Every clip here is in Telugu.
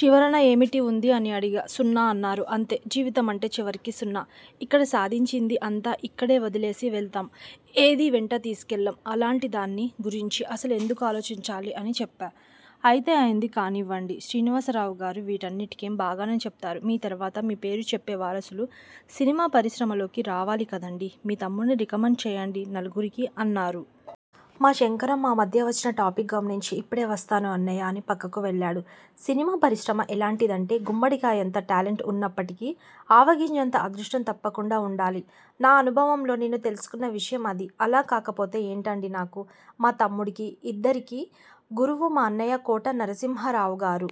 'చివరన ఏమిటి ఉంది? ' అని అడిగా. 'సున్న' అన్నారు. 'అంతే. జీవితమంటే చివరికి సున్న. ఇక్కడ సాధించింది అంతా ఇక్కడే వదిలేసి వెళ్తాం. ఏదీ వెంట తీసుకెళ్ళం. అలాంటి దాని గురించి అసలు ఎందుకు ఆలోచించాలి? ' అని చెప్పా. 'అయితే అయింది కానివ్వండి శ్రీనివాసరావుగారూ వీటన్నిటికేం బాగానే చెబుతారు, మీ తర్వాత మీ పేరు చెప్పే వారసులు సినిమా పరిశ్రమలోకి రావాలి కదండీ మీ తమ్ముణ్ణి రికమండ్ చేయండి నలుగురికి' అన్నారు. మా శంకరం మా మధ్య వచ్చిన టాపిక్ గమనించి 'ఇప్పుడే వస్తాను అన్నయ్యా' అని పక్కకు వెళ్ళాడు. సినిమా పరిశ్రమ ఎలాంటిదంటే గుమ్మడికాయంత టాలెంట్ ఉన్నప్పటికీ, ఆవగింజంత అదృష్టం తప్పకుండా ఉండాలి. నా అనుభవంలో నేను తెలుసుకున్న విషయం అది. అలా కాకపోతే ఏంటండీ నాకూ, మా తమ్ముడికీ ఇద్దరికీ గురువు మా అన్నయ్య కోట నరసింహారావుగారు.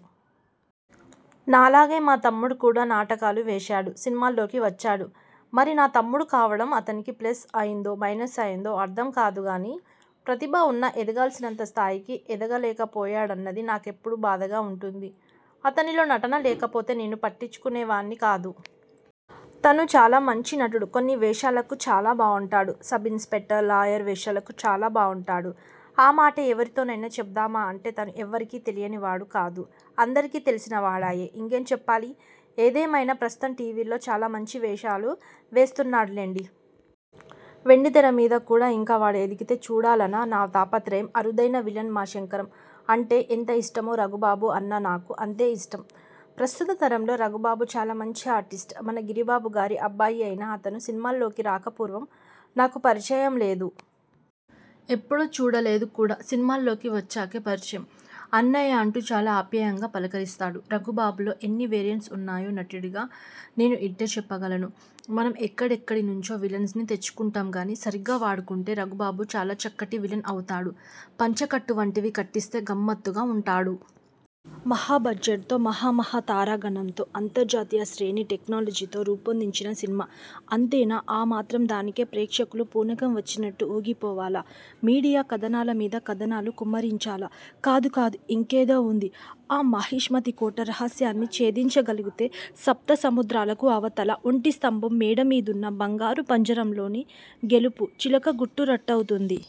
నాలాగే మా తమ్ముడు కూడా నాటకాలు వేశాడు. సినిమాల్లోకి వచ్చాడు. మరి నా తమ్ముడు కావడం అతనికి ప్లస్ అయిందో, మైనస్ అయిందో అర్థం కాదుగానీ ప్రతిభ ఉన్నా ఎదగాల్సినంత స్థాయికి ఎదగలేకపోయాడన్నది నాకెప్పుడూ బాధగా ఉంటుంది. అతనిలో నటన లేకపోతే నేను పట్టించుకునేవాణ్ణి కాదు. తను చాలా మంచి నటుడు. కొన్ని వేషాలకు చాలా బావుంటాడు. సబ్ ఇన్స్పెక్టర్, లాయర్ వేషాలకు చాలా బావుంటాడు. ఆ మాటే ఎవరితోనైనా చెబుదామా అంటే తను ఎవరికీ తెలియనివాడు కాదు. అందరికీ తెలిసినవాడాయే. ఇంకేం చెప్పాలి? ఏదేమైనా ప్రస్తుతం టీవీల్లో చాలా మంచి వేషాలు వేస్తున్నాడులెండి. వెండితెరమీద కూడా ఇంకా వాడు ఎదిగితే చూడాలనా నా తాపత్రయం. అరుదైన విలన్ మా శంకరం అంటే ఎంత ఇష్టమో రఘుబాబు అన్నా నాకు అంతే ఇష్టం. ప్రస్తుత తరంలో రఘుబాబు చాలా మంచి ఆర్టిస్ట్. మన గిరిబాబుగారి అబ్బాయి అయినా అతను సినిమాల్లోకి రాకపూర్వం నాకు పరిచయం లేదు. ఎప్పుడూ చూడలేదు కూడా. సినిమాల్లోకి వచ్చాకే పరిచయం. అన్నయ్యా అంటూ చాలా ఆప్యాయంగా పలకరిస్తాడు. రఘుబాబులో ఎన్ని వేరియేషన్స్ ఉన్నాయో నటుడిగా నేను ఇట్టే చెప్పగలను. మనం ఎక్కడెక్కడి నుంచో విలన్స్ ని తెచ్చుకుంటాంగానీ సరిగ్గా వాడుకుంటే రఘుబాబు చాలా చక్కటి విలన్ అవుతాడు. పంచెకట్టు వంటివి కట్టిస్తే గమ్మత్తుగా ఉంటాడు. మహా బడ్జెట్తో, మహామహా తారాగణంతో, అంతర్జాతీయ శ్రేణి టెక్నాలజీతో రూపొందిన సినిమా. అంతేనా, ఆమాత్రం దానికే ప్రేక్షకులు పూనకం వచ్చినట్టు ఊగిపోవాలా, మీడియా కథనాల మీద కథనాలు కుమ్మరించాలా? కాదుకాదు, ఇంకేదో ఉంది. ఆ మాహిష్మతి కోట రహస్యాన్ని ఛేదించగలిగితే సప్త సముద్రాలకు అవతల, ఒంటిస్తంభం మేడమీదున్న బంగారు పంజరంలోని 'గెలుపు' చిలక గుట్టు రట్టవుతుంది.